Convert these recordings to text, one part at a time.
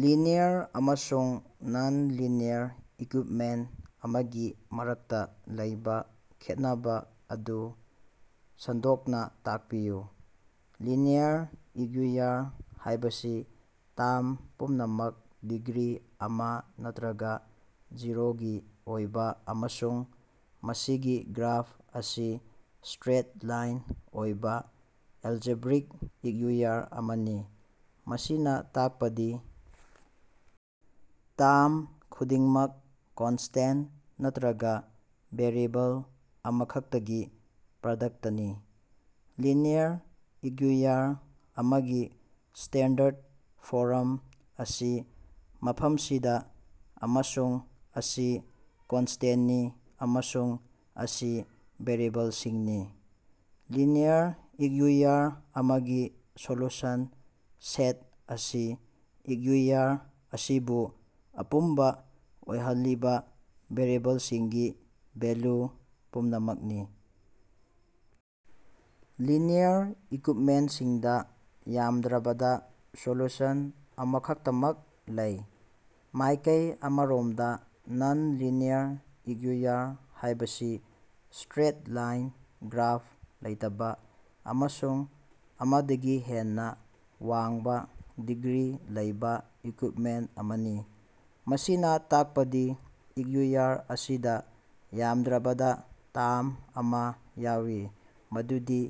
Linear ꯑꯃꯁꯨꯡ non-linear equipment ꯑꯃꯒꯤ ꯃꯔꯛꯇ ꯂꯩꯕꯥ ꯈꯦꯠꯅꯕꯥ ꯑꯗꯨ ꯁꯟꯗꯣꯛꯅ ꯇꯥꯛꯄꯤꯌꯨ꯫ ꯂꯤꯅꯤꯌꯔ ꯏꯛꯌꯨꯏꯌꯔ ꯍꯥꯢꯕꯁꯤ ꯇꯥꯝ ꯄꯨꯝꯅꯃꯛ ꯗꯤꯒ꯭ꯔꯤ ꯑꯃ ꯅꯠꯇ꯭ꯔꯒ ꯖꯤꯔꯣꯒꯤ ꯑꯣꯏꯕ ꯑꯃꯁꯨꯡ ꯃꯁꯤꯒꯤ ꯒ꯭ꯔꯥꯐ ꯑꯁꯤ ꯁꯇ꯭ꯔꯦꯠ ꯂꯥꯏꯟ ꯑꯣꯏꯕ ꯑꯦꯜꯖꯦꯕ꯭ꯔꯤꯛ ꯏꯛꯌꯨꯏꯌꯔ ꯑꯃꯅꯤ꯫ ꯃꯁꯤꯅ ꯇꯥꯛꯄꯗꯤ ꯇꯥꯝ ꯈꯨꯗꯤꯡꯃꯛ ꯀꯟꯁꯇꯦꯟ ꯅꯠꯇ꯭ꯔꯒꯥ ꯚꯦꯔꯤꯑꯦꯕꯜ ꯑꯃꯈꯛꯇꯒꯤ ꯄ꯭ꯔꯥꯗꯛꯇꯅꯤ꯫ ꯂꯤꯅꯤꯌꯔ ꯏꯛꯌꯨꯏꯌꯔ ꯑꯃꯒꯤ ꯁ꯭ꯇꯦꯟꯗꯔꯗ ꯐꯣꯔꯝ ꯑꯁꯤ ꯃꯐꯝꯁꯤꯗꯥ, ꯑꯃꯁꯨꯡ ꯑꯁꯤ ꯀꯟꯁꯇꯦꯟꯅꯤ ꯑꯃꯁꯨꯡ ꯑꯁꯤ ꯚꯦꯔꯤꯑꯦꯕꯜꯁꯤꯡꯅꯤ꯫ ꯂꯤꯅꯤꯌꯔ ꯏꯛꯌꯨꯏꯌꯔ ꯑꯃꯒꯤ ꯁꯣꯂꯨꯁꯟ ꯁꯦꯠ ꯑꯁꯤ ꯏꯛꯌꯨꯏꯌꯔ ꯑꯁꯤꯕꯨ ꯑꯄꯨꯝꯕ ꯑꯣꯏꯍꯜꯂꯤꯕꯥ ꯚꯦꯔꯤꯑꯦꯕꯜꯁꯤꯡꯒꯤ ꯚꯦꯜꯂꯨ ꯄꯨꯝꯅꯃꯛꯅꯤ꯫ ꯂꯤꯅꯤꯌꯔ ꯏꯛꯀꯨꯏꯞꯃꯦꯟꯇꯁꯤꯡꯗ ꯌꯥꯝꯗ꯭ꯔꯕꯗꯥ ꯁꯣꯜꯂꯨꯁꯟ ꯑꯃꯈꯛꯇꯃꯛ ꯂꯩ꯫ ꯃꯥꯢꯀꯩ ꯑꯃꯔꯣꯝꯗ ꯅꯟ-ꯂꯤꯅꯤꯌꯔ ꯏꯛꯌꯨꯏꯌꯔ ꯍꯥꯢꯕꯁꯤ ꯁ꯭ꯇꯔꯦꯠ-ꯂꯥꯏꯟ ꯒ꯭ꯔꯥꯐ ꯂꯩꯇꯕꯥ ꯑꯃꯁꯨꯡ ꯑꯃꯗꯒꯤ ꯍꯦꯟꯅ ꯋꯥꯡꯕ ꯗꯤꯒ꯭ꯔꯤ ꯂꯩꯕꯥ ꯏꯛꯀꯨꯏꯞꯃꯦꯟ ꯑꯃꯅꯤ꯫ ꯃꯁꯤꯅꯥ ꯇꯥꯛꯄꯗꯤ ꯏꯛꯌꯨꯏꯌꯔ ꯑꯁꯤꯗ ꯌꯥꯝꯗ꯭ꯔꯕꯗꯥ ꯇꯥꯝ ꯑꯃ ꯌꯥꯎꯏ ꯃꯗꯨꯗꯤ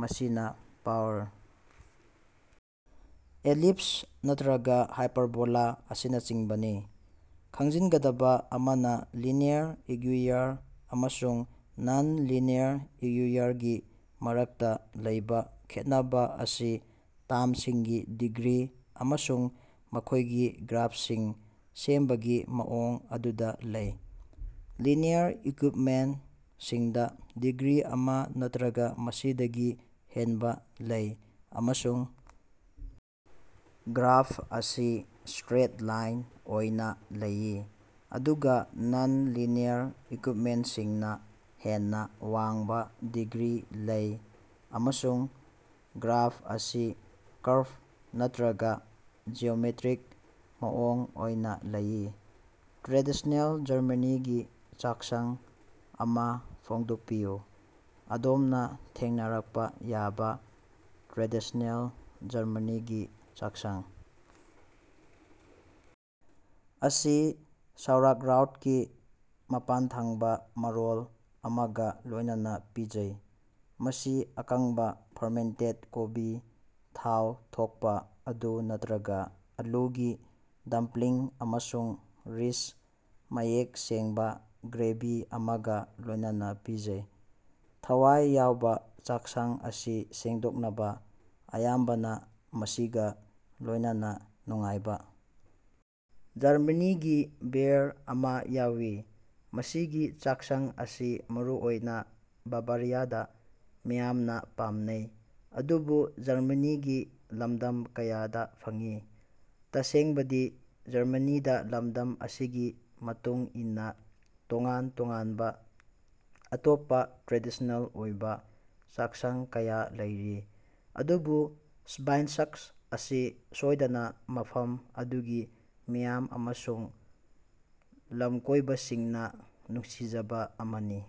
ꯃꯁꯤꯅ ꯄꯥꯋꯔ ꯑꯦꯂꯤꯞꯁ ꯅꯠꯇ꯭ꯔꯒ ꯍꯥꯏꯄꯔꯕꯣꯂꯥ ꯑꯁꯤꯅꯆꯤꯡꯕꯅꯤ꯫ ꯈꯪꯖꯤꯟꯒꯗꯕ ꯑꯃꯅ, ꯂꯤꯅꯤꯌꯔ ꯏꯛꯌꯨꯏꯌꯔ ꯑꯃꯁꯨꯡ ꯅꯟ-ꯂꯤꯅꯤꯌꯔ ꯏꯛꯌꯨꯏꯌꯔꯒꯤ ꯃꯔꯛꯇꯥ ꯂꯩꯕꯥ ꯈꯦꯠꯅꯕꯥ ꯑꯁꯤ ꯇꯥꯝꯁꯤꯡꯒꯤ ꯗꯤꯒ꯭ꯔꯤ ꯑꯃꯁꯨꯡ ꯃꯈꯣꯢꯒꯤ ꯒ꯭ꯔꯥꯐꯁꯤꯡ ꯁꯦꯝꯕꯒꯤ ꯃꯑꯣꯡ ꯑꯗꯨꯗꯥ ꯂꯩ꯫ ꯂꯤꯅꯤꯌꯔ ꯏꯛꯀꯨꯏꯞꯃꯦꯟꯇꯁꯤꯡꯗ ꯗꯤꯒ꯭ꯔꯤ ꯑꯃ ꯅꯠꯇ꯭ꯔꯒ ꯃꯁꯤꯗꯒꯤ ꯍꯦꯟꯕ ꯂꯩ ꯑꯃꯁꯨꯡ ꯒ꯭ꯔꯥꯐ ꯑꯁꯤ ꯁꯇ꯭ꯔꯦꯠ ꯂꯥꯏꯟ ꯑꯣꯏꯅ ꯂꯧꯏ, ꯑꯗꯨꯒ ꯅꯟ-ꯂꯤꯅꯤꯌꯔ ꯏꯛꯀꯨꯏꯞꯃꯦꯟꯇꯁꯤꯡꯅ ꯍꯦꯟꯅ ꯋꯥꯡꯕ ꯗꯤꯒ꯭ꯔꯤ ꯂꯩ ꯑꯃꯁꯨꯡ ꯒ꯭ꯔꯥꯐ ꯑꯁꯤ ꯀꯔꯕ ꯅꯠꯇ꯭ꯔꯒ ꯖꯤꯑꯣꯃꯦꯠꯔꯤꯛ ꯃꯑꯣꯡ ꯑꯣꯏꯅ ꯂꯧꯏ꯫ ꯇ꯭ꯔꯦꯗꯤꯁꯅꯦꯜ ꯖꯔꯃꯅꯤꯒꯤ ꯆꯥꯛꯁꯪ ꯑꯃ ꯐꯣꯡꯗꯣꯛꯄꯤꯌꯨ꯫ ꯑꯗꯣꯝꯅ ꯊꯦꯡꯅꯔꯛꯄ ꯌꯥꯕ ꯇ꯭ꯔꯦꯗꯤꯁ꯭ꯅꯦꯜ ꯖꯔꯃꯅꯤꯒꯤ ꯆꯥꯛꯁꯪ ꯑꯁꯤ ꯁꯥꯎꯔꯛꯔꯥꯎꯠꯀꯤ ꯃꯄꯥꯟꯊꯪꯕꯥ ꯃꯔꯣꯜ ꯑꯃꯒ ꯂꯣꯏꯅꯅꯥ ꯄꯤꯖꯩ, ꯃꯁꯤ ꯑꯀꯪꯕꯥ ꯐꯔꯃꯦꯟꯇꯦꯠ ꯀꯣꯕꯤ, ꯊꯥꯎ ꯊꯣꯛꯄꯥ ꯑꯥꯗꯨ ꯅꯠꯇ꯭ꯔꯒ ꯑꯥꯂꯨꯒꯤ ꯗꯝꯄ꯭ꯂꯤꯡ ꯑꯃꯁꯨꯡ ꯔꯤꯁ, ꯃꯌꯦꯛ ꯁꯦꯡꯕꯥ ꯒ꯭ꯔꯦꯚꯤ ꯑꯃꯒ ꯂꯣꯢꯅꯅꯥ ꯄꯤꯖꯩ꯫ ꯊꯋꯥꯏ ꯌꯥꯎꯕꯥ ꯆꯥꯛꯁꯪ ꯑꯁꯤ ꯁꯦꯡꯗꯣꯛꯅꯕꯥ ꯑꯌꯥꯝꯕꯅ ꯃꯁꯤꯒ ꯂꯣꯢꯅꯅꯥ ꯅꯨꯡꯉꯥꯏꯕꯥ ꯖꯔꯃꯅꯤꯒꯤ ꯕꯤꯌꯔ ꯑꯃ ꯌꯥꯎꯏ꯫ ꯃꯁꯤꯒꯤ ꯆꯥꯛꯁꯪ ꯑꯁꯤ ꯃꯔꯨꯑꯣꯏꯅ ꯕꯥꯚꯥꯔꯤꯌꯥꯗꯥ ꯃꯤꯌꯥꯝꯅ ꯄꯥꯝꯅꯩ, ꯑꯗꯨꯕꯨ ꯖꯔꯃꯅꯤꯒꯤ ꯂꯝꯗꯝ ꯀꯌꯥꯗ ꯐꯪꯏ꯫ ꯇꯁꯦꯡꯕꯗꯤ ꯖꯔꯃꯅꯤꯗꯥ ꯂꯝꯗꯝ ꯑꯁꯤꯒꯤ ꯃꯇꯨꯡ ꯏꯟꯅ ꯇꯣꯉꯥꯟ ꯇꯣꯉꯥꯟꯕ ꯑꯇꯣꯞꯄ ꯇ꯭ꯔꯦꯗꯤꯁ꯭ꯅꯦꯜ ꯑꯣꯏꯕ ꯆꯥꯛꯁꯪ ꯀꯌꯥ ꯂꯩꯔꯤ, ꯑꯗꯨꯕꯨ ꯁ꯭ꯕꯥꯏꯟꯁꯥꯛꯁ ꯑꯁꯤ ꯁꯣꯏꯗꯅꯥ ꯃꯐꯝ ꯑꯗꯨꯒꯤ ꯃꯤꯌꯥꯝ ꯑꯃꯁꯨꯡ ꯂꯝꯀꯣꯏꯕꯁꯤꯡꯅꯥ ꯅꯨꯡꯁꯤꯖꯕꯥ ꯑꯃꯅꯤ꯫